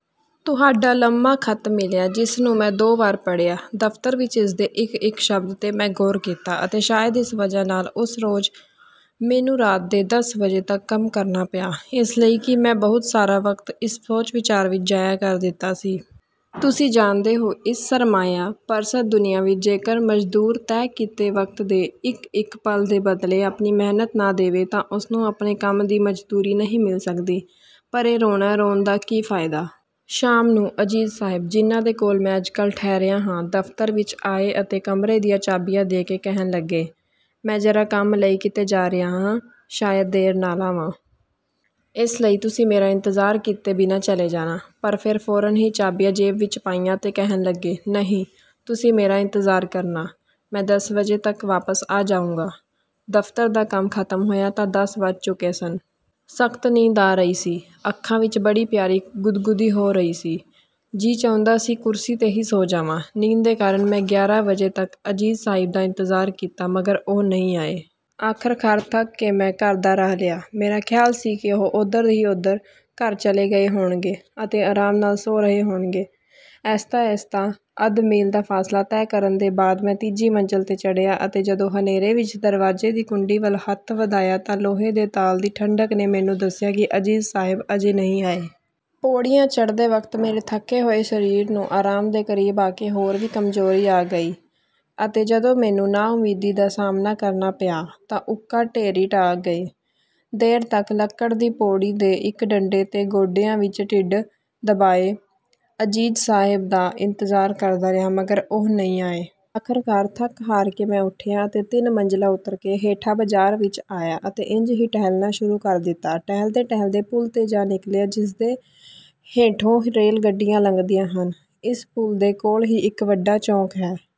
ਤੁਹਾਡਾ ਲੰਮਾ ਖ਼ਤ ਮਿਲਿਆ ਜਿਸ ਨੂੰ ਮੈਂ ਦੋ ਵਾਰ ਪੜ੍ਹਿਆ। ਦਫ਼ਤਰ ਵਿੱਚ ਇਸਦੇ ਇੱਕ-ਇੱਕ ਸ਼ਬਦ ਤੇ ਮੈਂ ਗ਼ੌਰ ਕੀਤਾ ਅਤੇ ਸ਼ਾਇਦ ਇਸ ਵਜ੍ਹਾ ਨਾਲ਼ ਉਸ ਰੋਜ਼ ਮੈਨੂੰ ਰਾਤ ਦੇ ਦਸ ਵਜੇ ਤੱਕ ਕੰਮ ਕਰਨਾ ਪਿਆ, ਇਸ ਲਈ ਕਿ ਮੈਂ ਬਹੁਤ ਸਾਰਾ ਵਕਤ ਇਸ ਸੋਚ-ਵਿਚਾਰ ਵਿੱਚ ਜ਼ਾਇਆ ਕਰ ਦਿੱਤਾ ਸੀ। ਤੁਸੀਂ ਜਾਣਦੇ ਹੋ ਇਸ ਸਰਮਾਇਆ ਪਰਸਤ ਦੁਨੀਆ ਵਿੱਚ ਜੇਕਰ ਮਜ਼ਦੂਰ ਤੈਅ ਕੀਤੇ ਵਕਤ ਦੇ ਇੱਕ ਇੱਕ ਪਲ ਦੇ ਬਦਲੇ ਆਪਣੀ ਮਿਹਨਤ ਨਾ ਦੇਵੇ ਤਾਂ ਉਸਨੂੰ ਆਪਣੇ ਕੰਮ ਦੀ ਮਜ਼ਦੂਰੀ ਨਹੀਂ ਮਿਲ ਸਕਦੀ, ਪਰ ਇਹ ਰੋਣਾ ਰੋਣ ਦਾ ਕੀ ਫਾਇਦਾ? ਸ਼ਾਮ ਨੂੰ ਅਜ਼ੀਜ਼ ਸਾਹਿਬ, ਜਿਨ੍ਹਾਂ ਦੇ ਕੋਲ ਮੈਂ ਅੱਜ-ਕੱਲ੍ਹ ਠਹਰਿਆ ਹਾਂ, ਦਫ਼ਤਰ ਵਿੱਚ ਆਏ ਅਤੇ ਕਮਰੇ ਦੀਆਂ ਚਾਬੀਆਂ ਦੇ ਕੇ ਕਹਿਣ ਲੱਗੇ, "ਮੈਂ ਜਰਾ ਕੰਮ ਲਈ ਕਿਤੇ ਜਾ ਰਿਹਾ ਹਾਂ। ਸ਼ਾਇਦ ਦੇਰ ਨਾਲ ਆਵਾਂ। ਇਸ ਲਈ ਤੁਸੀਂ ਮੇਰਾ ਇੰਤਜ਼ਾਰ ਕੀਤੇ ਬਿਨਾਂ ਚਲੇ ਜਾਣਾ।" ਪਰ ਫਿਰ ਫ਼ੌਰਨ ਹੀ ਚਾਬੀਆਂ ਜੇਬ ਵਿੱਚ ਪਾਈਆਂ ਅਤੇ ਕਹਿਣ ਲੱਗੇ, "ਨਹੀਂ, ਤੁਸੀਂ ਮੇਰਾ ਇੰਤਜ਼ਾਰ ਕਰਨਾ। ਮੈਂ ਦਸ ਵਜੇ ਤੱਕ ਵਾਪਸ ਆ ਜਾਊਂਗਾ।" ਦਫ਼ਤਰ ਦਾ ਕੰਮ ਖਤਮ ਹੋਇਆ ਤਾਂ ਦਸ ਵਜ ਚੁੱਕੇ ਸਨ। ਸਖ਼ਤ ਨੀਂਦ ਆ ਰਹੀ ਸੀ। ਅੱਖਾਂ ਵਿੱਚ ਬੜੀ ਪਿਆਰੀ ਗੁਦਗੁਦੀ ਹੋ ਰਹੀ ਸੀ। ਜੀ ਚਾਹੁੰਦਾ ਸੀ ਕੁਰਸੀ ਤੇ ਹੀ ਸੌਂ ਜਾਂਵਾਂ। ਨੀਂਦ ਦੇ ਕਾਰਨ ਮੈਂ ਗਿਆਰਾਂ ਵਜੇ ਤੱਕ ਅਜ਼ੀਜ਼ ਸਾਹਿਬ ਦਾ ਇੰਤਜ਼ਾਰ ਕੀਤਾ ਮਗਰ ਉਹ ਨਹੀਂ ਆਏ। ਆਖ਼ਰਕਾਰ ਥੱਕ ਕੇ ਮੈਂ ਘਰ ਦਾ ਰਾਹ ਲਿਆ। ਮੇਰਾ ਖ਼ਿਆਲ ਸੀ ਕਿ ਉਹ ਉੱਧਰ ਹੀ ਉੱਧਰ ਘਰ ਚਲੇ ਗਏ ਹੋਣਗੇ ਅਤੇ ਆਰਾਮ ਨਾਲ਼ ਸੌਂ ਰਹੇ ਹੋਣਗੇ। ਆਹਿਸਤਾ- ਆਹਿਸਤਾ ਅੱਧ ਮੀਲ ਦਾ ਫ਼ਾਸਲਾ ਤੈਅ ਕਰਨ ਦੇ ਬਾਅਦ ਮੈਂ ਤੀਜੀ ਮੰਜ਼ਿਲ ਤੇ ਚੜ੍ਹਿਆ ਅਤੇ ਜਦੋਂ ਹਨੇਰੇ ਵਿੱਚ ਦਰਵਾਜ਼ੇ ਦੀ ਕੁੰਡੀ ਵੱਲ ਹੱਥ ਵਧਾਇਆ ਤਾਂ ਲੋਹੇ ਦੇ ਤਾਲੇ ਦੀ ਠੰਢਕ ਨੇ ਮੈਨੂੰ ਦੱਸਿਆ ਕਿ ਅਜ਼ੀਜ਼ ਸਾਹਿਬ ਅਜੇ ਨਹੀਂ ਆਏ। ਪੌੜੀਆਂ ਚੜ੍ਹਦੇ ਵਕਤ ਮੇਰੇ ਥਕੇ ਹੋਏ ਸ਼ਰੀਰ ਨੂੰ ਆਰਾਮ ਦੇ ਕਰੀਬ ਆਕੇ ਹੋਰ ਵੀ ਕਮਜ਼ੋਰੀ ਆ ਗਈ, ਅਤੇ ਜਦੋਂ ਮੈਨੂੰ ਨਾਉਮੀਦੀ ਦਾ ਸਾਹਮਣਾ ਕਰਨਾ ਪਿਆ ਤਾਂ ਉੱਕਾ ਢੇਰੀ ਢਾਹ ਗਏ। ਦੇਰ ਤੱਕ ਲੱਕੜ ਦੀ ਪੌੜੀ ਦੇ ਇੱਕ ਡੰਡੇ ਤੇ ਗੋਡਿਆਂ ਵਿੱਚ ਢਿੱਡ ਦਬਾਏ ਅਜ਼ੀਜ਼ ਸਾਹਿਬ ਦਾ ਇੰਤਜ਼ਾਰ ਕਰਦਾ ਰਿਹਾ ਮਗਰ ਉਹ ਨਹੀਂ ਆਏ। ਆਖ਼ਰਕਾਰ ਥੱਕ-ਹਾਰ ਕੇ ਮੈਂ ਉਠਿਆ ਅਤੇ ਤਿੰਨ ਮੰਜ਼ਲਾਂ ਉੱਤਰ ਕੇ ਹੇਠਾਂ ਬਾਜ਼ਾਰ ਵਿੱਚ ਆਇਆ ਅਤੇ ਇੰਜ ਹੀ ਟਹਿਲਣਾ ਸ਼ੁਰੂ ਕਰ ਦਿੱਤਾ। ਟਹਿਲਦੇ-ਟਹਿਲਦੇ ਪੁੱਲ ਤੇ ਜਾ ਨਿਕਲਿਆ ਜਿਸਦੇ ਹੇਠੋਂ ਰੇਲ ਗੱਡੀਆਂ ਲੰਘਦੀਆਂ ਹਨ। ਇਸ ਪੁਲ ਦੇ ਕੋਲ਼ ਹੀ ਇੱਕ ਵੱਡਾ ਚੌਕ ਹੈ।